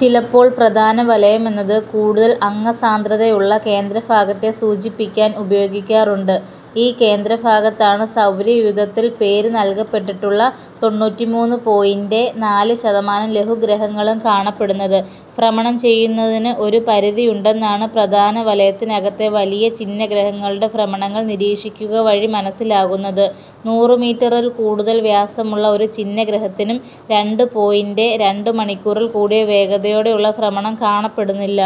ചിലപ്പോൾ പ്രധാന വലയം എന്നത് കൂടുതൽ അംഗസാന്ദ്രതയുള്ള കേന്ദ്ര ഭാഗത്തെ സൂചിപ്പിക്കാൻ ഉപയോഗിക്കാറുണ്ട്. ഈ കേന്ദ്ര ഭാഗത്താണ് സൗരയുഥത്തിൽ പേര് നൽകപ്പെട്ടിട്ടുള്ള തൊണ്ണൂറ്റിമൂന്ന് പോയിൻ്റെ നാല് ശതമാനം ലഘുഗ്രഹങ്ങളും കാണപ്പെടുന്നത്. ഭ്രമണം ചെയ്യുന്നതിന് ഒരു പരിധിയുണ്ടെന്നാണ് പ്രധാനവലയത്തിനകത്തെ വലിയ ഛിന്നഗ്രഹങ്ങളുടെ ഭ്രമണങ്ങൾ നിരീക്ഷിക്കുകവഴി മനസ്സിലാകുന്നത്. നൂറ് മീറ്ററിൽ കൂടുതൽ വ്യാസമുള്ള ഒരു ഛിന്നഗ്രഹത്തിനും രണ്ട് പോയിൻ്റെ രണ്ട് മണിക്കൂറിൽ കൂടിയ വേഗതയോടെയുള്ള ഭ്രമണം കാണപ്പെടുന്നില്ല.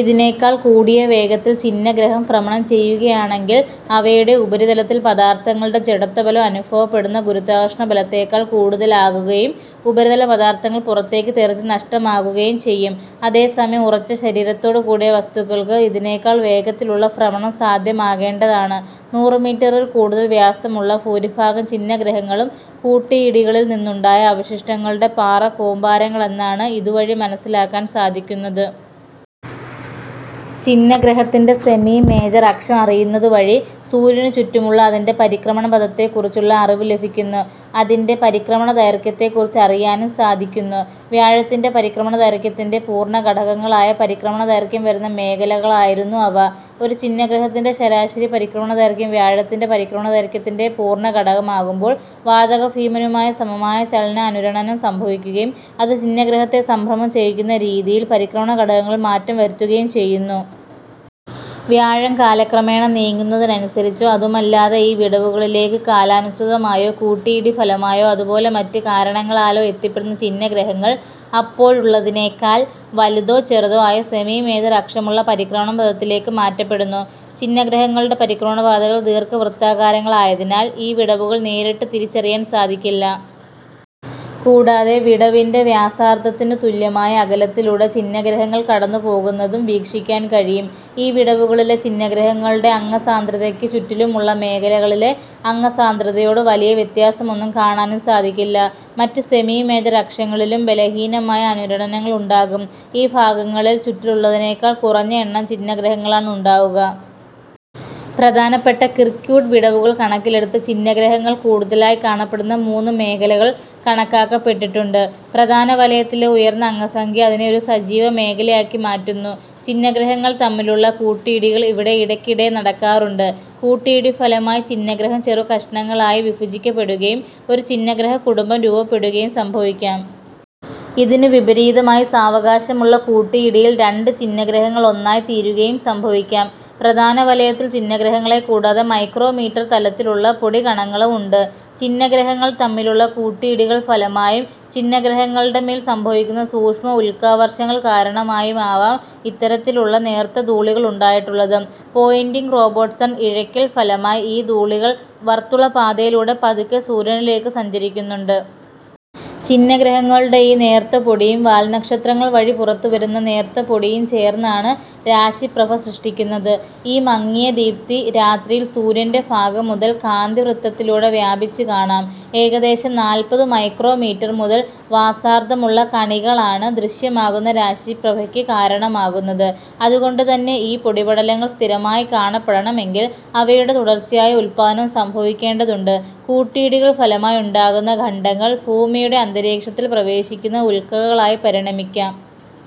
ഇതിനേക്കാൾ കൂടിയ വേഗത്തിൽ ഛിന്നഗ്രഹം ഭ്രമണം ചെയ്യുകയാണെങ്കിൽ അവയുടെ ഉപരിതലത്തിൽ പദാർത്ഥങ്ങളുടെ ജഡത്വബലം അനുഭവപ്പെടുന്ന ഗുരുത്വാകർഷണബലത്തേക്കാൾ കൂടുതലാകുകയും ഉപരിതല പദാർത്ഥങ്ങൾ പുറത്തേക്ക് തെറിച്ച് നഷ്ടമാകുകയും ചെയ്യും. അതേ സമയം ഉറച്ച ശരീരത്തോടു കൂടിയ വസ്തുക്കൾക്ക് ഇതിനേക്കാൾ വേഗത്തിലുള്ള ഭ്രമണം സാധ്യമാകേണ്ടതാണ്. നൂറ് മീറ്ററിൽ കൂടുതൽ വ്യാസമുള്ള ഭൂരിഭാഗം ഛിന്നഗ്രഹങ്ങളും കൂട്ടിയിടികളിൽ നിന്നുണ്ടായ അവശിഷ്ടങ്ങളുടെ പാറക്കൂമ്പാരങ്ങളാന്നാണ് ഇതുവഴി മനസ്സിലാക്കാൻ സാധിക്കുന്നത്. ഛിന്നഗ്രഹത്തിൻ്റെ സെമി മേജർ അക്ഷം അറിയുന്നതുവഴി സൂര്യനു ചുറ്റുമുള്ള അതിൻ്റെ പരിക്രമണപഥത്തെ കുറിച്ചുള്ള അറിവ് ലഭിക്കുന്നു, അതിൻ്റെ പരിക്രമണ ദൈർഘ്യത്തെ കുറിച്ച് അറിയാനും സാധിക്കുന്നു. വ്യാഴത്തിൻ്റെ പരിക്രമണ ദൈർഘ്യത്തിൻ്റെ പൂർണ്ണ ഘടകങ്ങളായ പരിക്രമണ ദൈർഘ്യം വരുന്ന മേഖലകളായിരുന്നു അവ.ഒരു ഛിന്നഗ്രഹത്തിൻ്റെ ശരാശരി പരിക്രമണ ദൈർഘ്യം വ്യാഴത്തിൻ്റെ പരിക്രമണ ദൈർഘ്യത്തിൻ്റെ പൂർണ്ണ ഘടകമാകുമ്പോൾ വാതക ഭീമനുമായി സമമായ ചലന അനുരണനം സംഭവിക്കുകയും അത് ഛിന്നഗ്രഹത്തെ സംഭ്രമം ചെയ്യിക്കുന്ന രീതിയിൽ പരിക്രമണ ഘടകങ്ങളിൽ മാറ്റം വരുത്തുകയും ചെയ്യുന്നു. വ്യാഴം കാലക്രമേണ നീങ്ങുന്നതിനനുസരിച്ചോ അതുമല്ലാതെ ഈ വിടവുകളിലേക്ക് കാലാനുസൃതമായോ കൂട്ടിയിടി ഫലമായോ അതുപോലെ മറ്റ് കാരണങ്ങളാലോ എത്തിപ്പെടുന്ന ഛിന്നഗ്രഹങ്ങൾ അപ്പോഴുള്ളതിനേക്കാൽ വലുതോ ചെറുതോ ആയ സെമി മേജർ അക്ഷമുള്ള പരിക്രമണം പഥത്തിലേക്ക് മാറ്റപ്പെടുന്നു. ഛിന്നഗ്രഹങ്ങളുടെ പരിക്രമണ പാതകൾ ദീർഘവൃത്താകാരങ്ങളായതിനാൽ ഈ വിടവുകൾ നേരിട്ട് തിരിച്ചറിയാൻ സാധിക്കില്ല. കൂടാതെ വിടവിൻ്റെ വ്യാസാർദ്ധത്തിനു തുല്യമായ അകലത്തിലൂടെ ഛിന്നഗ്രഹങ്ങൾ കടന്നുപോകുന്നതും വീക്ഷിക്കാൻ കഴിയും. ഈ വിടവുകളിലെ ഛിന്നഗ്രഹങ്ങളുടെ അംഗസാന്ദ്രതയ്ക്ക് ചുറ്റിലുമുള്ള മേഖലകളിലെ അംഗസാന്ദ്രതയോട് വലിയ വ്യത്യാസമൊന്നും കാണാനും സാധിക്കില്ല. മറ്റ് സെമി മേജർ അക്ഷങ്ങളിലും ബലഹീനമായ അനുരണങ്ങൾ ഉണ്ടാകും, ഈ ഭാഗങ്ങളിൽ ചുറ്റിലുള്ളതിനേക്കാൾ കുറഞ്ഞ എണ്ണം ഛിന്നഗ്രഹങ്ങളാണുണ്ടാകുക. പ്രധാനപ്പെട്ട കിർക്ക്വുഡ് വിടവുകൾ കണക്കിലെടുത്ത് ഛിന്നഗ്രഹങ്ങൾ കൂടുതലായി കാണപ്പെടുന്ന മൂന്ന് മേഖലകൾ കണക്കാക്കപ്പെട്ടിട്ടുണ്ട്. പ്രധാനവലയത്തിലെ ഉയർന്ന അംഗ സംഖ്യ അതിനെ ഒരു സജീവ മേഖലയാക്കി മാറ്റുന്നു, ഛിന്നഗ്രഹങ്ങൾ തമ്മിലുള്ള കൂട്ടിയിടികൾ ഇവിടെ ഇടയ്ക്കിടെ നടക്കാറുണ്ട്. കൂട്ടിയിടി ഫലമായി ഛിന്നഗ്രഹം ചെറു കഷണങ്ങളായി വിഭജിക്കപ്പെടുകയും ഒരു ഛിന്നഗ്രഹ കുടുംബം രൂപപ്പെടുകയും സംഭവിക്കാം. ഇതിനു വിപരീതമായി സാവകാശമുള്ള കൂട്ടിയിടിയിൽ രണ്ട് ഛിന്നഗ്രഹങ്ങൾ ഒന്നായി തീരുകയും സംഭവിക്കാം. പ്രധാനവലയത്തിൽ ഛിന്നഗ്രഹങ്ങളെ കൂടാതെ മൈക്രോമീറ്റർ തലത്തിലുള്ള പൊടി കണങ്ങളും ഉണ്ട്. ഛിന്നഗ്രഹങ്ങൾ തമ്മിലുള്ള കൂട്ടിയിടികൾ ഫലമായും, ഛിന്നഗ്രഹങ്ങളുടെ മേൽ സംഭവിക്കുന്ന സൂക്ഷ്മ ഉൽക്കാവർഷങ്ങൾ കാരണമായും ആവാം ഇത്തരത്തിലുള്ള നേർത്ത ധൂളികൾ ഉണ്ടായിട്ടുള്ളത്. പോയിൻ്റിങ് റോബേർട്ട്സൺ ഇഴക്കൽ ഫലമായി ഈ ധൂളികൾ വർത്തുളപാതയിലൂടെ പതുക്കെ സൂര്യനിലേക്ക് സഞ്ചരിക്കുന്നുണ്ട്. ഛിന്നഗ്രഹങ്ങളുടെ ഈ നേർത്ത പൊടിയും വാൽനക്ഷത്രങ്ങൾ വഴി പുറത്തുവരുന്ന നേർത്തപൊടിയും ചേർന്നാണ് രാശി പ്രഭ സൃഷ്ടിക്കുന്നത്. ഈ മങ്ങിയ ദീപ്തി രാത്രിയിൽ സൂര്യൻ്റെ ഭാഗം മുതൽ കാന്തിവൃത്തതിലൂടെ വ്യാപിച്ച് കാണാം. ഏകദേശം നാൽപ്പത് മൈക്രോമീറ്റർ മുതൽ വാസാർദ്ധമുള്ള കണികളാണ് ദൃശ്യമാകുന്ന രാശിപ്രഭയ്ക്ക് കാരണമാകുന്നത്. അതുകൊണ്ട് തന്നെ ഈ പൊടിപടലങ്ങൾ സ്ഥിരമായി കാണപ്പെടണമെങ്കിൽ അവയുടെ തുടർച്ചയായ ഉല്പാദനം സംഭവിക്കേണ്ടതുണ്ട്. കൂട്ടിയിടികൾ ഫലമായുണ്ടാകുന്ന ഖണ്ഡങ്ങൾ ഭൂമിയുടെ അന്തരീക്ഷത്തിൽ പ്രവേശിക്കുന്ന ഉൽക്കകളായി പരിണമിക്കാം.